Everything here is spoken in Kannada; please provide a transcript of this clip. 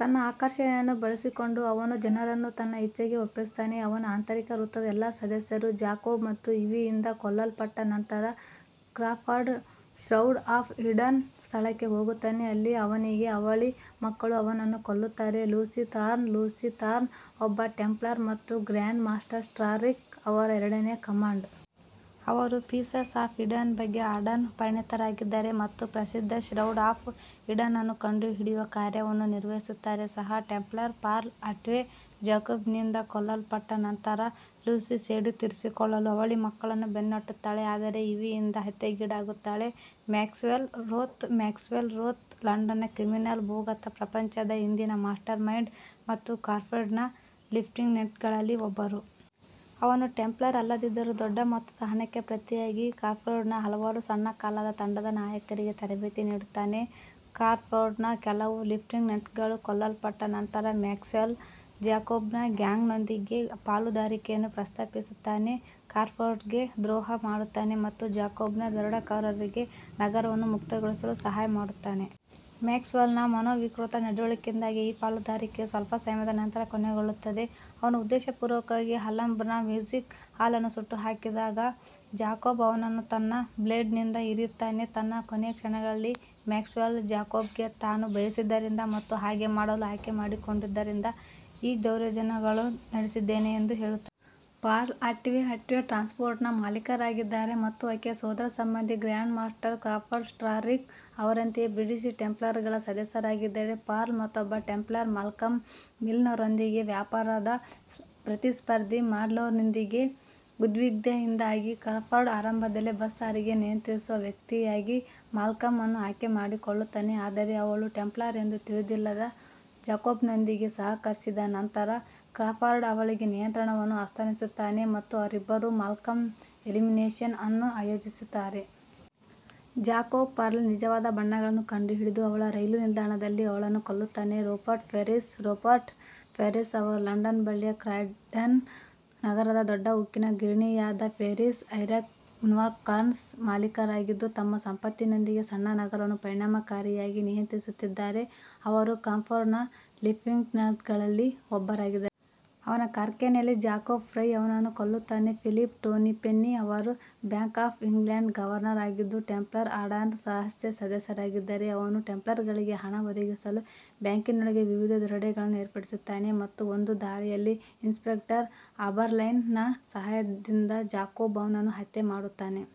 ತನ್ನ ಆಕರ್ಷಣೆಯನ್ನು ಬಳಸಿಕೊಂಡು, ಅವನು ಜನರನ್ನು ತನ್ನ ಇಚ್ಛೆಗೆ ಒಪ್ಪಿಸುತ್ತಾನೆ. ಅವನ ಆಂತರಿಕ ವೃತ್ತದ ಎಲ್ಲಾ ಸದಸ್ಯರು ಜಾಕೋಬ್ ಮತ್ತು ಇವಿಯಿಂದ ಕೊಲ್ಲಲ್ಪಟ್ಟ ನಂತರ, ಕ್ರಾಫರ್ಡ್ ಶ್ರೌಡ್ ಆಫ್ ಈಡನ್ ಸ್ಥಳಕ್ಕೆ ಹೋಗುತ್ತಾನೆ, ಅಲ್ಲಿ ಅವನಿಗೆ ಅವಳಿ ಮಕ್ಕಳು ಅವನನ್ನು ಕೊಲ್ಲುತ್ತಾರೆ. ಲೂಸಿ ಥಾರ್ನ್ ಲೂಸಿ ಥಾರ್ನ್ ಒಬ್ಬ ಟೆಂಪ್ಲರ್ ಮತ್ತು ಗ್ರ್ಯಾಂಡ್ ಮಾಸ್ಟರ್ ಸ್ಟಾರ್ರಿಕ್ ಅವರ ಎರಡನೇ-ಕಮಾಂಡ್. ಅವರು ಪೀಸಸ್ ಆಫ್ ಈಡನ್ ಬಗ್ಗೆ ಆರ್ಡರ್ನ ಪರಿಣತರಾಗಿದ್ದಾರೆ ಮತ್ತು ಪ್ರಸಿದ್ಧ ಶ್ರೌಡ್ ಆಫ್ ಈಡನ್ ಅನ್ನು ಕಂಡುಹಿಡಿಯುವ ಕಾರ್ಯವನ್ನು ನಿರ್ವಹಿಸುತ್ತಾರೆ. ಸಹ ಟೆಂಪ್ಲರ್ ಪರ್ಲ್ ಅಟ್ವೇ ಜಾಕೋಬ್ನಿಂದ ಕೊಲ್ಲಲ್ಪಟ್ಟ ನಂತರ, ಲೂಸಿ ಸೇಡು ತೀರಿಸಿಕೊಳ್ಳಲು ಅವಳಿ ಮಕ್ಕಳನ್ನು ಬೆನ್ನಟ್ಟುತ್ತಾಳೆ, ಆದರೆ ಇವಿಯಿಂದ ಹತ್ಯೆಗೀಡಾಗುತ್ತಾಳೆ. ಮ್ಯಾಕ್ಸ್ವೆಲ್ ರೋತ್ ಮ್ಯಾಕ್ಸ್ವೆಲ್ ರೋತ್ ಲಂಡನ್ನ ಕ್ರಿಮಿನಲ್ ಭೂಗತ ಪ್ರಪಂಚದ ಹಿಂದಿನ ಮಾಸ್ಟರ್ ಮೈಂಡ್ ಮತ್ತು ಕ್ರಾಫೋರ್ಡ್ನ ಲೆಫ್ಟಿನೆಂಟ್ಗಳಲ್ಲಿ ಒಬ್ಬರು. ಅವನು ಟೆಂಪ್ಲರ್ ಅಲ್ಲದಿದ್ದರೂ, ದೊಡ್ಡ ಮೊತ್ತದ ಹಣಕ್ಕೆ ಪ್ರತಿಯಾಗಿ ಕ್ರಾಫೋರ್ಡ್ನ ಹಲವಾರು ಸಣ್ಣ-ಕಾಲದ ತಂಡದ ನಾಯಕರಿಗೆ ತರಬೇತಿ ನೀಡುತ್ತಾನೆ. ಕ್ರಾಫೋರ್ಡ್ನ ಕೆಲವು ಲೆಫ್ಟಿನೆಂಟ್ಗಳು ಕೊಲ್ಲಲ್ಪಟ್ಟ ನಂತರ, ಮ್ಯಾಕ್ಸ್ವೆಲ್ ಜಾಕೋಬ್ನ ಗ್ಯಾಂಗ್ನೊಂದಿಗೆ ಪಾಲುದಾರಿಕೆಯನ್ನು ಪ್ರಸ್ತಾಪಿಸುತ್ತಾನೆ, ಕ್ರಾಫೋರ್ಡ್ಗೆ ದ್ರೋಹ ಮಾಡುತ್ತಾನೆ ಮತ್ತು ಜಾಕೋಬ್ನ ದರೋಡೆಕೋರರಿಗೆ ನಗರವನ್ನು ಮುಕ್ತಗೊಳಿಸಲು ಸಹಾಯ ಮಾಡುತ್ತಾನೆ. ಮ್ಯಾಕ್ಸ್ವೆಲ್ನ ಮನೋವಿಕೃತ ನಡವಳಿಕೆಯಿಂದಾಗಿ ಈ ಪಾಲುದಾರಿಕೆಯು ಸ್ವಲ್ಪ ಸಮಯದ ನಂತರ ಕೊನೆಗೊಳ್ಳುತ್ತದೆ. ಅವನು ಉದ್ದೇಶಪೂರ್ವಕವಾಗಿ ಅಲ್ಹಂಬ್ರಾ ಮ್ಯೂಸಿಕ್ ಹಾಲ್ ಅನ್ನು ಸುಟ್ಟುಹಾಕಿದಾಗ, ಜಾಕೋಬ್ ಅವನನ್ನು ತನ್ನ ಬ್ಲೇಡ್ನಿಂದ ಇರಿಯುತ್ತಾನೆ. ತನ್ನ ಕೊನೆಯ ಕ್ಷಣಗಳಲ್ಲಿ, ಮ್ಯಾಕ್ಸ್ವೆಲ್ ಜಾಕೋಬ್ಗೆ ತಾನು ಬಯಸಿದ್ದರಿಂದ ಮತ್ತು ಹಾಗೆ ಮಾಡಲು ಆಯ್ಕೆ ಮಾಡಿಕೊಂಡಿದ್ದರಿಂದ ಈ ದೌರ್ಜನ್ಯಗಳನ್ನು ನಡೆಸಿದ್ದೇನೆ ಎಂದು ಹೇಳುತ್ತಾನೆ. ಪರ್ಲ್ ಅಟ್ವೇ ಅಟ್ವೇ ಟ್ರಾನ್ಸ್ಪೋರ್ಟ್ನ ಮಾಲೀಕರಾಗಿದ್ದಾರೆ ಮತ್ತು ಆಕೆಯ ಸೋದರಸಂಬಂಧಿ ಗ್ರ್ಯಾಂಡ್ ಮಾಸ್ಟರ್ ಕ್ರಾಫರ್ಡ್ ಸ್ಟಾರ್ರಿಕ್ ಅವರಂತೆಯೇ ಬ್ರಿಟಿಷ್ ಟೆಂಪ್ಲರ್ಗಳ ಸದಸ್ಯರಾಗಿದ್ದಾರೆ. ಪರ್ಲ್ ಮತ್ತೊಬ್ಬ ಟೆಂಪ್ಲರ್ ಮಾಲ್ಕಮ್ ಮಿಲ್ನರ್ರೊಂದಿಗೆ ವ್ಯಾಪಾರದ ಪ್ರತಿಸ್ಪರ್ಧಿ. ಪರ್ಲ್ನೊಂದಿಗಿನ ಉದ್ವಿಗ್ನತೆಯಿಂದಾಗಿ ಕ್ರಾಫರ್ಡ್ ಆರಂಭದಲ್ಲಿ ಬಸ್ ಸಾರಿಗೆಯನ್ನು ನಿಯಂತ್ರಿಸುವ ವ್ಯಕ್ತಿಯಾಗಿ ಮಾಲ್ಕಮ್ ಅನ್ನು ಆಯ್ಕೆ ಮಾಡಿಕೊಳ್ಳುತ್ತಾನೆ, ಆದರೆ ಅವಳು ಟೆಂಪ್ಲರ್ ಎಂದು ತಿಳಿದಿಲ್ಲದ ಜಾಕೋಬ್ನೊಂದಿಗೆ ಸಹಕರಿಸಿದ ನಂತರ, ಕ್ರಾಫರ್ಡ್ ಅವಳಿಗೆ ನಿಯಂತ್ರಣವನ್ನು ಹಸ್ತಾಂತರಿಸುತ್ತಾನೆ ಮತ್ತು ಅವರಿಬ್ಬರೂ ಮಾಲ್ಕಮ್ನ ಎಲಿಮಿನೇಷನ್ ಅನ್ನು ಆಯೋಜಿಸುತ್ತಾರೆ. ಜಾಕೋಬ್ ಪರ್ಲ್ನ ನಿಜವಾದ ಬಣ್ಣಗಳನ್ನು ಕಂಡುಹಿಡಿದು ಅವಳ ರೈಲು ನಿಲ್ದಾಣದಲ್ಲಿ ಅವಳನ್ನು ಕೊಲ್ಲುತ್ತಾನೆ. ರೂಪರ್ಟ್ ಫೆರ್ರಿಸ್ ರೂಪರ್ಟ್ ಫೆರ್ರಿಸ್ ಅವರು ಲಂಡನ್ ಬಳಿಯ ಕ್ರಾಯ್ಡನ್ ನಗರದ ದೊಡ್ಡ ಉಕ್ಕಿನ ಗಿರಣಿಯಾದ ಫೆರ್ರಿಸ್ ಐರನ್ವರ್ಕ್ಸ್ನ ಮಾಲೀಕರಾಗಿದ್ದು, ತಮ್ಮ ಸಂಪತ್ತಿನೊಂದಿಗೆ ಸಣ್ಣ ನಗರವನ್ನು ಪರಿಣಾಮಕಾರಿಯಾಗಿ ನಿಯಂತ್ರಿಸುತ್ತಿದ್ದಾರೆ. ಅವರು ಕ್ರಾಫೋರ್ಡ್ನ ಲೆಫ್ಟಿನೆಂಟ್ಗಳಲ್ಲಿ ಒಬ್ಬರಾಗಿದ್ದಾರೆ. ಅವನ ಕಾರ್ಖಾನೆಯಲ್ಲಿ ಜಾಕೋಬ್ ಫ್ರೈ ಅವನನ್ನು ಕೊಲ್ಲುತ್ತಾನೆ. ಫಿಲಿಪ್ ಟ್ವೊಪೆನ್ನಿ ಅವರು ಬ್ಯಾಂಕ್ ಆಫ್ ಇಂಗ್ಲೆಂಡ್ನ ಗವರ್ನರ್ ಆಗಿದ್ದು, ಟೆಂಪ್ಲರ್ ಆರ್ಡರ್ನ ರಹಸ್ಯ ಸದಸ್ಯರಾಗಿದ್ದಾರೆ. ಅವನು ಟೆಂಪ್ಲರ್ಗಳಿಗೆ ಹಣ ಒದಗಿಸಲು ಬ್ಯಾಂಕಿನೊಳಗೆ ವಿವಿಧ ದರೋಡೆಗಳನ್ನು ಏರ್ಪಡಿಸುತ್ತಾನೆ, ಮತ್ತು ಒಂದು ದಾಳಿಯಲ್ಲಿ, ಇನ್ಸ್ಪೆಕ್ಟರ್ ಅಬರ್ಲೈನ್ನ ಸಹಾಯದಿಂದ ಜಾಕೋಬ್ ಅವನನ್ನು ಹತ್ಯೆ ಮಾಡುತ್ತಾನೆ.